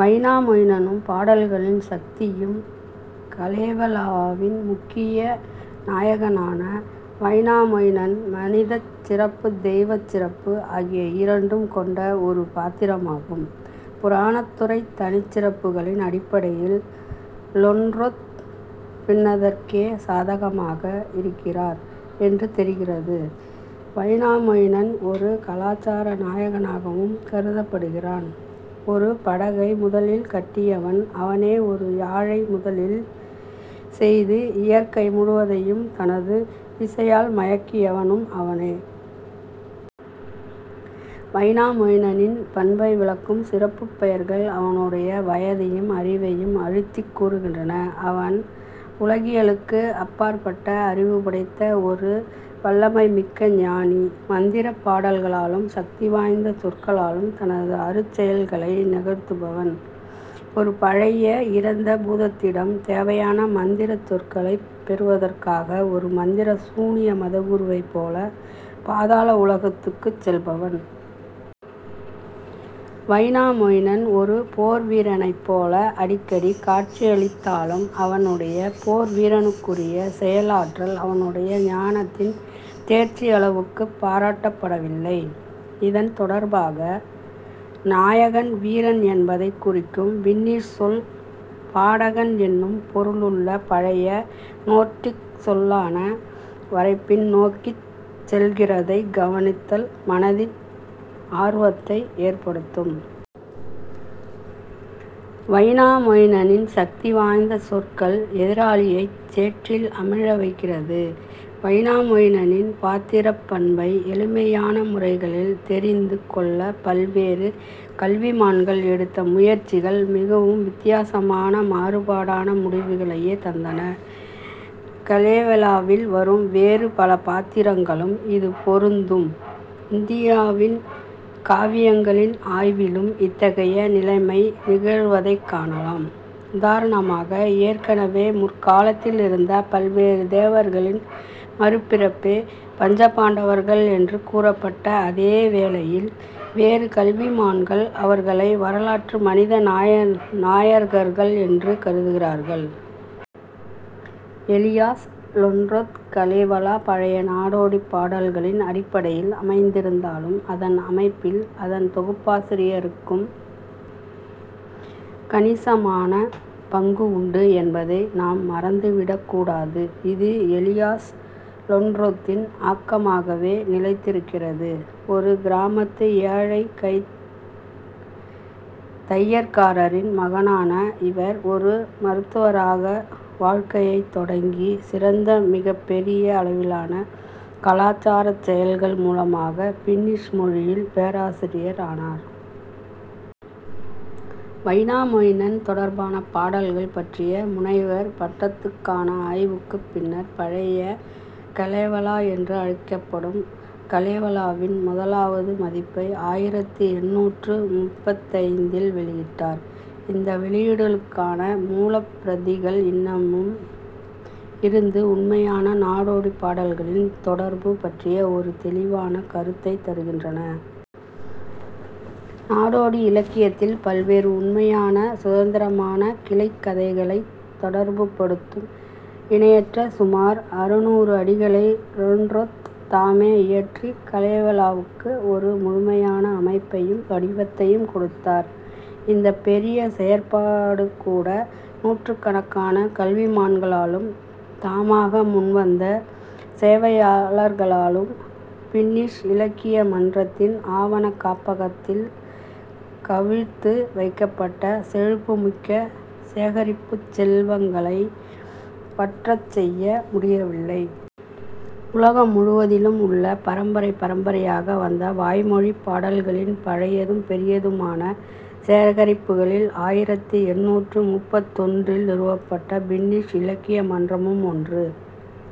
வைனாமொயினனும் பாடல்களின் சக்தியும் கலேவலாவின் முக்கிய நாயகனான வைனாமொயினன் மனிதச் சிறப்பு தெய்வச் சிறப்பு ஆகிய இரண்டும் கொண்ட ஒரு பாத்திரமாகும். புராணத்துறைத் தனிச்சிறப்புகளின் அடிப்படையில் லொண்ரொத் பின்னதற்கே சாதகமாக இருக்கிறார் என்று தெரிகிறது. வைனாமொயினன் ஒரு கலாசார நாயகனாகவும் கருதப்படுகிறான் ஒரு படகை முதலில் கட்டியவன் அவனே ஒரு யாழை முதலில் செய்து இயற்கை முழுவதையும் தனது இசையால் மயக்கியவனும் அவனே. வைனாமொயினனின் பண்பை விளக்கும் சிறப்புப் பெயர்கள் அவனுடைய வயதையும் அறிவையும் அழுத்திக் கூறுகின்றன அவன் உலகியலுக்கு அப்பாற்பட்ட அறிவு படைத்த ஒரு வல்லமைமிக்க ஞானி மந்திரப் பாடல்களாலும் சக்தி வாய்ந்த சொற்களாலும் தனது அருஞ்செயல்களை நிகழ்த்துபவன். ஒரு பழைய இறந்த பூதத்திடம் தேவையான மந்திரச் சொற்களைப் பெறுவதற்காக ஒரு மந்திர சூனிய மதகுருவைப்போல பாதாள உலகத்துக்குச் செல்பவன். வைனாமொயினன் ஒரு போர்வீரனைப் போல அடிக்கடி காட்சியளித்தாலும் அவனுடைய போர்வீரனுக்குரிய செயலாற்றல் அவனுடைய ஞானத்தின் தேர்ச்சியளவுக்குப் பாராட்டப்படவில்லை. இதன் தொடர்பாக நாயகன் வீரன் என்பதைக் குறிக்கும் பின்னிஷ் சொல் பாடகன் என்னும் பொருளுள்ள பழைய நோர்டிக் சொல்லான வரை பின் நோக்கிச் செல்கிறதைக் கவனித்தல் மனதில் ஆர்வத்தை ஏற்படுத்தும். வைனாமொயினனின் சக்தி வாய்ந்த சொற்கள் எதிராளியைச் சேற்றில் அமிழ வைக்கிறது. வைனாமொயினனின் பாத்திரப் பண்பை எளிமையான முறைகளில் தெரிந்து கொள்ளப் பல்வேறு கல்விமான்கள் எடுத்த முயற்சிகள் மிகவும் வித்தியாசமான மாறுபாடான முடிவுகளையே தந்தன. கலேவலாவில் வரும் வேறு பல பாத்திரங்களுக்கும் இது பொருந்தும். இந்தியாவின் காவியங்களின் ஆய்விலும் இத்தகைய நிலைமை நிகழ்வதைக் காணலாம் உதாரணமாக ஏற்கனவே முற்காலத்தில் இருந்த பல்வேறு தேவர்களின் மறுபிறப்பே பஞ்சபாண்டவர்கள் என்று கூறப்பட்ட அதே வேளையில் வேறு கல்விமான்கள் அவர்களை வரலாற்று மனித நாயகர்கள் என்று கருதுகிறார்கள். எலியாஸ் லொண்ரொத் கலேவலா பழைய நாடோடிப் பாடல்களின் அடிப்படையில் அமைந்திருந்தாலும் அதன் அமைப்பில் அதன் தொகுப்பாசிரியருக்கும் கணிசமான பங்கு உண்டு என்பதை நாம் மறந்து விடக் கூடாது. இது எலியாஸ் லொண்ரொத்தின் ஆக்கமாகவே நிலைத்திருக்கிறது ஒரு கிராமத்து ஏழைத் தையற்காரரின் மகனான இவர் ஒரு மருத்துவராக வாழ்க்கையைத் தொடங்கி சிறந்த மிகப் பெரிய அளவிலான கலாசாரச் செயல்கள் மூலமாகப் பின்னிஷ் மொழியின் பேராசிரியர் ஆனார். வைனாமொயினன் தொடர்பான பாடல்கள் பற்றிய முனைவர் பட்டத்துக்கான ஆய்வுக்குப் பின்னர் பழைய கலேவலா என்று அழைக்கப்படும் கலேவலாவின் முதலாவது பதிப்பை ஆயிரத்து எண்ணூற்று முப்பத்தைந்தில் வெளியிட்டார். இந்த வெளியீடுகளுக்கான மூலப் பிரதிகள் இன்னமும் இருந்து உண்மையான நாடோடிப் பாடல்களின் தொடர்பு பற்றிய ஒரு தெளிவான கருத்தைத் தருகின்றன. நாடோடி இலக்கியத்தில் பல்வேறு உண்மையான சுதந்திரமான கிளைக் கதைகளைத் தொடர்புபடுத்தும் இணையற்ற சுமார் அறுநூறு அடிகளை லொண்ரொத் தாமே இயற்றிக் கலேவலாவுக்கு ஒரு முழுமையான அமைப்பையும் வடிவத்தையும் கொடுத்தார். இந்தப் பெரிய செயற்பாடுகூட நூற்றுக்கணக்கான கல்விமான்களாலும் தாமாக முன்வந்த சேவையாளர்களாலும் பின்னிஷ் இலக்கிய மன்றத்தின் ஆவணக் காப்பகத்தில் குவித்து வைக்கப்பட்ட செழிப்புமிக்க சேகரிப்புச் செல்வங்களை வற்றச் செய்ய முடியவில்லை. உலகம் முழுவதிலும் உள்ள பரம்பரை பரம்பரையாக வந்த வாய்மொழிப் பாடல்களின் பழையதும் பெரியதுமான சேகரிப்புகளில் ஆயிரத்து எண்ணூற்று முப்பத்தொன்றில் நிறுவப்பட்ட பின்னிஷ் இலக்கிய மன்றமும் ஒன்று.